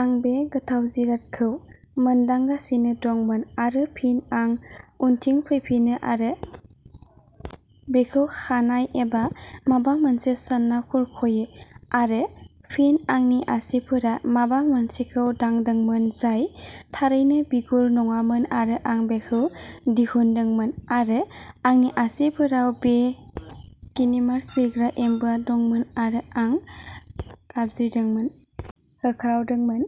आं बे गोथाव जिरादखौ मोनदांगासिनो दंमोन आरो फिन आं उनथिं फैफिनो आरो बेखौ खानाय एबा माबा मोनसे सानना खुरख'यो आरो फिन आंनि आसिफोरा माबा मोनसेखौ दांदोंमोन जाय थारैनो बिगुर नङामोन आरो आं बेखौ दिहुनदोंमोन आरो आंनि आसिफोराव बे गिनिर्मास बिरग्रा एम्बुआ दंमोन आरो आं गाबज्रिदोंमोन। होख्रावदोंमोन!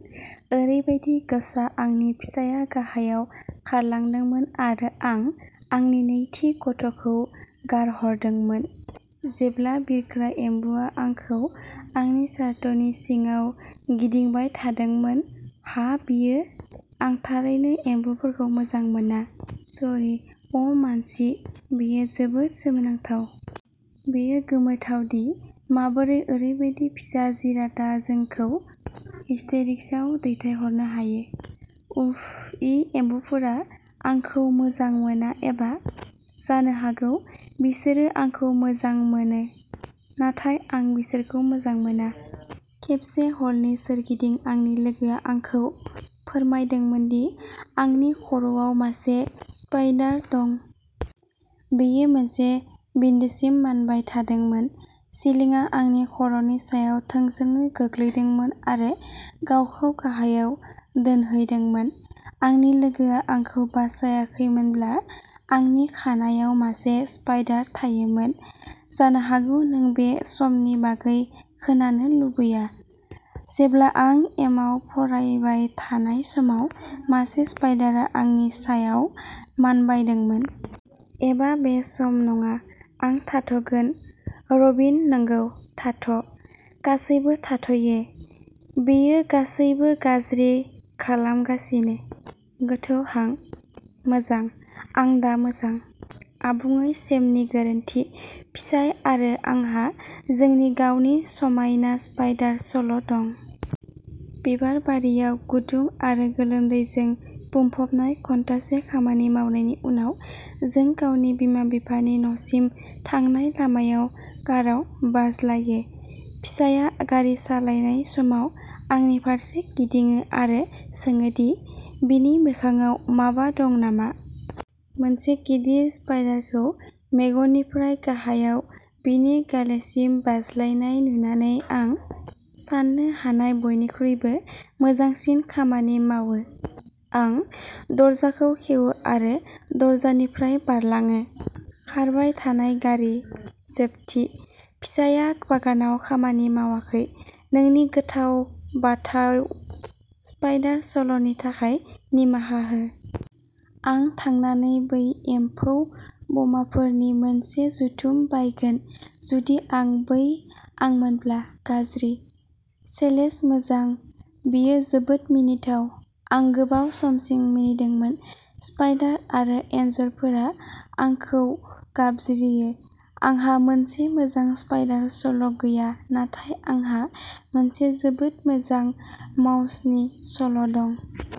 ओरैबायदि गोसा आंनि फिसाया गाहायाव खारलांदोंमोन आरो आं आंनि नैथि गथ'खौ गारहरदोंमोन, जेब्ला बिरग्रा एम्बुआ आंखौ आंनि शार्टनि सिङाव गिदिंबाय थादोंमोन। हा बेयो। आं थारैनो एम्बुफोरखौ मोजां मोना। शरी अ' मानसि, बेयो जोबोद सोमोनांथाव! बेयो गोमोथाव दि माबोरै ओरैबायदि फिसा जिरादआ जोंखौ हिस्टेरिक्सआव दैथायहरनो हायो। उफ. ई! एम्बुफोरा आंखौ मोजां मोना एबा, जानो हागौ, बिसोरो आंखौ मोजां मोनो नाथाय आं बिसोरखौ मोजां मोना। खेबसे, हलनि सोरगिदिं आंनि लोगोआ आंखौ फोरमायदोंमोन दि आंनि खर'आव मासे स्पाइडार दं। बेयो मोनसे बिन्दोसिम मानबाय थादोंमोन। सिलिंआ आंनि खर'नि सायाव थोंजोङै गोग्लैदोंमोन आरो गावखौ गाहायाव दोनहैदोंमोन। आंनि लोगोआ आंखौ बासायाखैमोनब्ला, आंनि खानाइआव मासे स्पाइडार थायोमोन। जानो हागौ नों बे समनि बागै खोनानो लुबैया जेब्ला आं एमाव फरायबाय थानाय समाव मासे स्पाइडारआ आंनि सायाव मानबायदोंमोन। एबा बे सम नङा, आं थाथ'गोन। रबिन नंगौ, थाथ'! गासैबो थाथ'यो! बेयो गासैबो गाज्रि खालामगासिनो! गोथौ हां। मोजां। आं दा मोजां। आबुङै सेमनि गोरोन्थि। फिसाय आरो आंहा जोंनि गावनि समायना स्पाइडार सल' दं। बिबारबारियाव गुदुं आरो गोलोमदैजों बुंफबनाय घन्टासे खामानि मावनायनि उनाव, जों गावनि बिमा बिफानि न'सिम थांनाय लामायाव काराव बाज्लायो। फिसायआ, गारि सालायनाय समाव, आंनि फारसे गिदिङो आरो सोङो दि बिनि मोखांआव माबा दं नामा। मोनसे गिदिर स्पाइडारखौ मेगननिफ्राय गाहायाव बिनि गालेसिम बाज्लायनाय नुनानै, आं साननो हानाय बयनिख्रुइबो मोजांसिन खामानि मावोः आं दरजाखौ खेवो आरो दरजानिफ्राय बारलाङो। खारबाय थानाय गारि। जोबथिः फिसायआ बागानाव खामानि मावाखै। नोंनि गोथाव बाथाव स्पाइडार सल'नि थाखाय निमाहा हो। आं थांनानै बै एम्फौ बमाफोरनि मोनसे जुथुम बायगोन जुदि आं बै आंमोनब्ला। गाज्रि! चेलेस मोजां, बेयो जोबोद मिनिथाव। आं गोबाव समसिम मिनिदोंमोन। स्पाइडार आरो एनजरफोरा आंखौ गाबज्रियो! आंहा मोनसे मोजां स्पाइडार सल' गैया नाथाय आंहा मोनसे जोबोद मोजां माउसनि सल' दं।